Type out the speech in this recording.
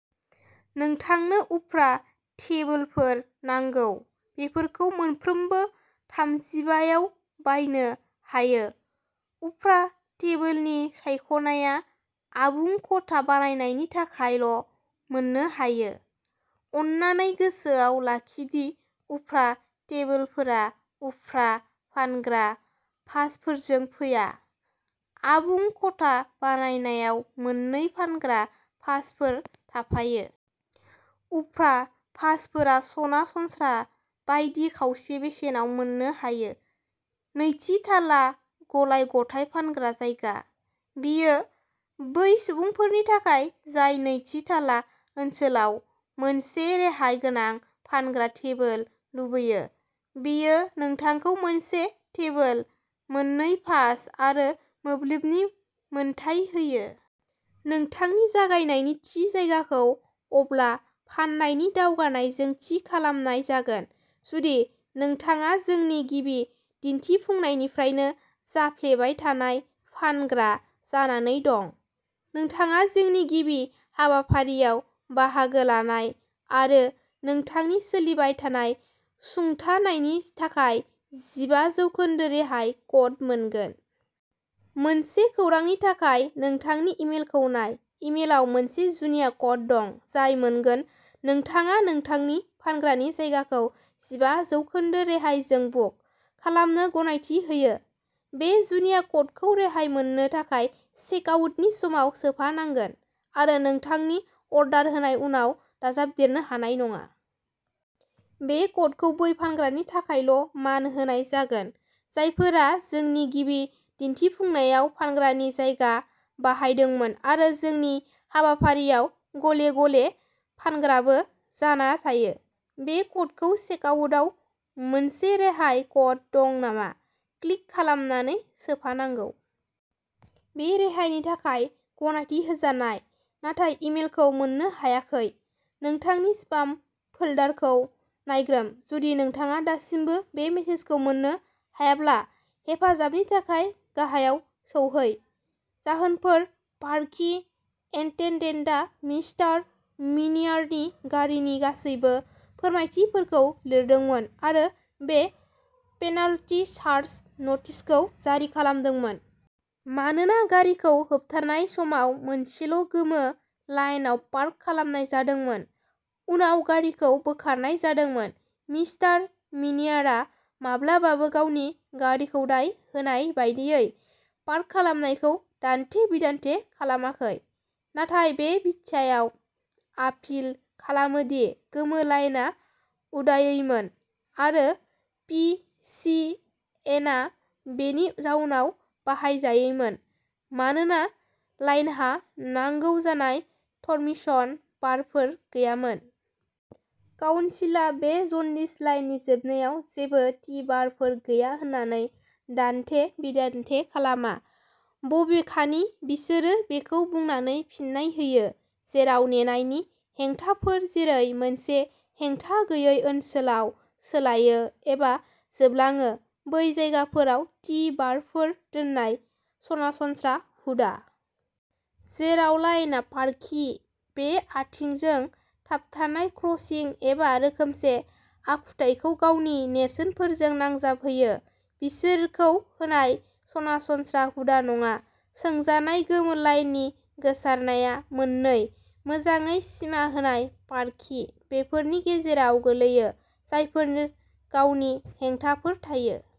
नोंथांनो उफ्रा टेबोलफोर नांगौ, बेफोरखौ मोनफ्रोमबो थामजिबाआव बायनो हायो। उफ्रा टेबोलनि सायख'नायआ आबुं खथा बायनायनि थाखायल' मोननो हायो। अन्नानै गोसोआव लाखि दि उफ्रा टेबोलफोरा उफ्रा फानग्रा पासफोरजों फैया। आबुं खथा बायनायाव मोननै फानग्रा पासफोर थाफायो। उफ्रा पासफोरा सरासनस्रा बायदि खावसे बेसेनाव मोननो हायो। नैथि थाला गलाय-गथाय फानग्रा जायगा। बेयो बै सुबुंफोरनि थाखाय जाय नैथि थाला ओनसोलाव मोनसे रेहाय गोनां फानग्रा टेबोल लुबैयो। बेयो नोंथांखौ मोनसे टेबोल, मोननै पास आरो मोब्लिबनि मोन्थाइ होयो। नोंथांनि जायगानि थि जायगाखौ अब्ला फान्नायनि दावगानायजों थि खालामनाय जागोन। जुदि नोंथाङा जोंनि गिबि दिन्थिफुंनायनिफ्रायनो जाफ्लेबाय थानाय फानग्रा जानानै दं; नोंथाङा जोंनि गिबि हाबाफारियाव बाहागो लानाय आरो नोंथांनि सोलिबाय थानाय सुंथानायनि थाखाय जिबा जौखोन्दो रेहाय क'ड मोनगोन। मोनसे खौरांनि थाखाय नोंथांनि इमेलखौ नाय। इमेलआव मोनसे जुनिया क'ड दं जाय मोनगोन नोंथाङा नोंथांनि फानग्रानि जायगाखौ जिबा जौखोन्दो रेहायजों बुक खालामनो गनायथि होयो। बे जुनिया क'डखौ रेहाय मोननो थाखाय चेकआउटनि समाव सोफानांगोन आरो नोंथांनि अर्डार होनायनि उनाव दाजाबदेरनो हानाय नङा। बे क'डखौ बै फानग्रानि थाखायल'मान होनाय जागोन, जायफोरा जोंनि गिबि दिन्थिफुंनायाव फानग्रानि जायगा बायदोंमोन आरो जोंनि हाबाफारियाव गले गले फानग्राबो जाना थायो। बे क'डखौ चेकआउटआव "मोनसे रेहाय क'ड दं नामा?" क्लिक खालामनानै सोफानांगौ। बे रेहायनि थाखाय गनायथि होजानाय, नाथाय इमेलखौ मोननो हायाखै? नोंथांनि स्पाम फोल्डरखौ नायग्रोम, जुदि नोंथाङा दासिमबो बे मेसेजखौ मोननो हायाब्ला, हेफाजाबनि थाखाय गाहायाव सौहै। जाहोनफोर- पार्किं एटेन्डेन्टआ मिस्टार मिनियारनि गारिनि गासैबो फोरमायथिफोरखौ लिरदोंमोन आरो बे पेनाल्टि चार्ज न'टिस खौ जारि खालामदोंमोन। मानोना गारिखौ होबथानायनि समाव मोनसेल'गोमो लाइनआव पार्क खालामनाय जादोंमोन। उनाव गारिखौ बोखारनाय जादोंमोन। मिस्टार मिनियारा माब्लाबाबो गावनि गारिखौ दाय होनाय बायदियै पार्क खालामनायखौ दान्थे-बिदान्थे खालामाखै, नाथाय बे बिथायाव आपिल खालामो दि गोमो लाइनआ उदायैमोन, आरो पि सि एन आ बेनि जाउनाव बाहायजायैमोन, मानोना लाइनहा "नांगौ जानाय टर्मिनेशन बारफोर गैयामोन"। काउन्सिलआ बे जन्दिस लाइननि जोबनायाव जेबो टि-बारफोर गैया होन्ना दान्थे-बिदान्थे खालामा। बबेखानि बिसोरो बेखौ बुंनानै फिननाय होयो, "जेराव नेनायनि हेंथाफोर, जेरै, मोनसे हेंथागैयै ओनसोलाव सोलायो एबा जोबलाङो, बै जायगाफोराव टि-बारफोर दोननाय सरासनस्रा हुदा। जेराव लाइनआ पार्किं बे, आथिंजों थाबायनाय क्रसिं एबा रोखोमसे आखुथायखौ गावनि नेरसोनफोरजों नांजाबहोयो, बिसोरखौ होनाय सरासनस्रा हुदा नङा। सोंजानाय गोमो लाइननि गोसारनाया मोन्नै मोजाङै सिमा होनाय पार्किं बेफोरनि गेजेराव गोग्लैयो, जायफोरनि गावनि हेंथाफोर थायो।